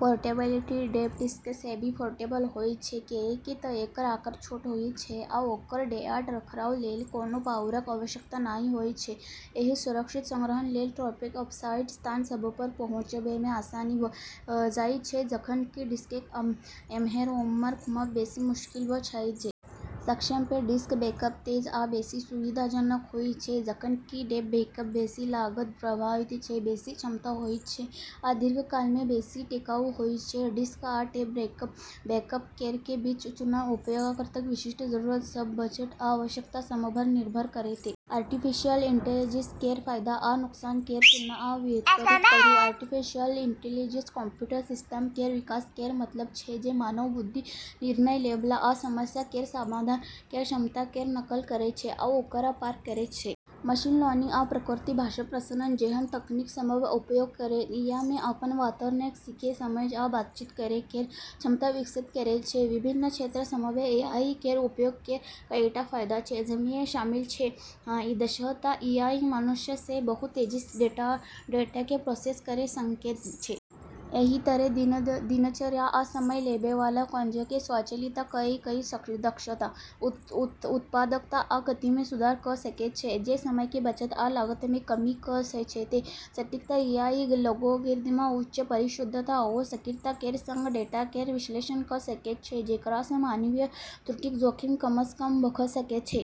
Portability: tape disk सँ बेसी portable होइत छै, किऐक तऽ एकर आकार छोट होइत छै आ ओकर डेटाक रखरखाव लेल कोनो पावरक आवश्यकता नहि होइत छै। एहिसँ सुरक्षित संग्रहण लेल टेपकेँ ऑफसाइट स्थान सभपर पहुँचाबैमे आसानी भऽ जाइत छै, जखन कि डिस्ककेँ एम्हर-ओम्हर घुमाबब बेसी मुश्किल भऽ जाइत छै। संक्षेपमे, डिस्क बैकअप तेज आ बेसी सुविधाजनक होइत छै, जखन कि टेप बैकअप बेसी लागत प्रभावी छै, बेसी क्षमता होइत छै आ दीर्घकालमे बेसी टिकाऊ होइत छै। डिस्क आ टेप बैकअप केर बीच चुनाव उपयोगकर्ताक विशिष्ट जरूरत सभ, बजट आ आवश्यकता सभपर निर्भर करतै। आर्टिफिशियल इंटेलिजेंस केर फायदा आ नुकसान केर तुलना आ विपरीत करू। आर्टिफिशियल इंटेलिजेंस कंप्यूटर सिस्टम केर विकास केर मतलब छै जे मानव बुद्धि, निर्णय लेबआ आ समस्या केर समाधान केर क्षमता केर नकल करैत छै वा ओकरा पार करैत छै। मशीन लर्निंग आ प्राकृतिक भाषा प्रसंस्करण जेहन तकनीक सभक उपयोग करैत एआई अपन वातावरणकेँ सीखै, समझै आ बातचीत करै केर क्षमता विकसित करैत छै। विभिन्न क्षेत्र सभमे एआई केर उपयोग केर कईटा फायदा छै जाहिमे शामिल छै: दक्षता: एआई मनुष्य सँ बहुत तेजीसँ डेटाकेँ प्रोसेस कऽ सकैत छै। एहि तरहें, दिनचर्या आ समय लेबैवाला काजकेँ स्वचालित कऽ एआई दक्षता, उत्पादकता आ गतिमे सुधार कऽ सकैत छै, जे समयक बचत आ लागतमे कमी कऽ सकैत छै। सटीकता: एआई एल्गोरिदम उच्च परिशुद्धता आओर सटीकता केर संग डेटा केर विश्लेषण कऽ सकैत छै, जेकरासँ मानवीय त्रुटिक जोखिम कमसँ कम भऽ सकैत छै।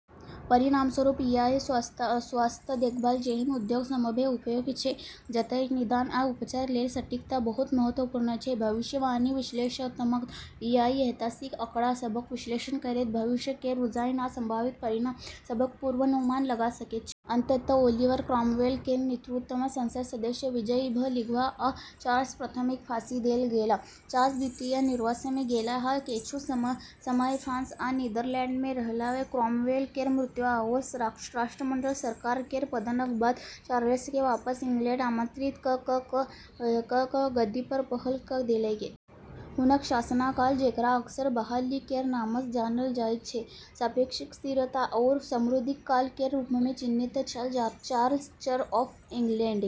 परिणामस्वरूप, एआई स्वास्थ्य देखभाल जेहन उद्योग सभमे उपयोगी छै, जतए निदान आ उपचार लेल सटीकता बहुत महत्वपूर्ण छै। भविष्यवाणी विश्लेषणात्मकता: एआई ऐतिहासिक आँकड़ा सभक विश्लेषण करैत भविष्य केर रुझान आ संभावित परिणाम सभक पूर्वानुमान लगा सकैत छै। अंततः ओलिवर क्रॉमवेल केर नेतृत्वमे संसद सदस्य विजयी भऽ गेलाह आ चार्ल्स प्रथमकेँ फांसी देल गेल। चार्ल्स द्वितीय निर्वासनमे गेलाह आ किछु समय फ्रांस आ नीदरलैंडमे रहलाह। क्रॉमवेल केर मृत्यु आओर राष्ट्रमंडल सरकार केर पतनक बाद चार्ल्सकेँ वापस इंग्लैंड आमंत्रित कऽ कऽ गद्दीपर बहाल कऽ देल गेलै। हुनक शासनकाल, जेकरा अक्सर बहाली केर नामसँ जानल जाइत छै, सापेक्षिक स्थिरता आओर समृद्धिक काल केर रूपमे चिन्हित छल। Charles Church of इंग्लैंडकेँ।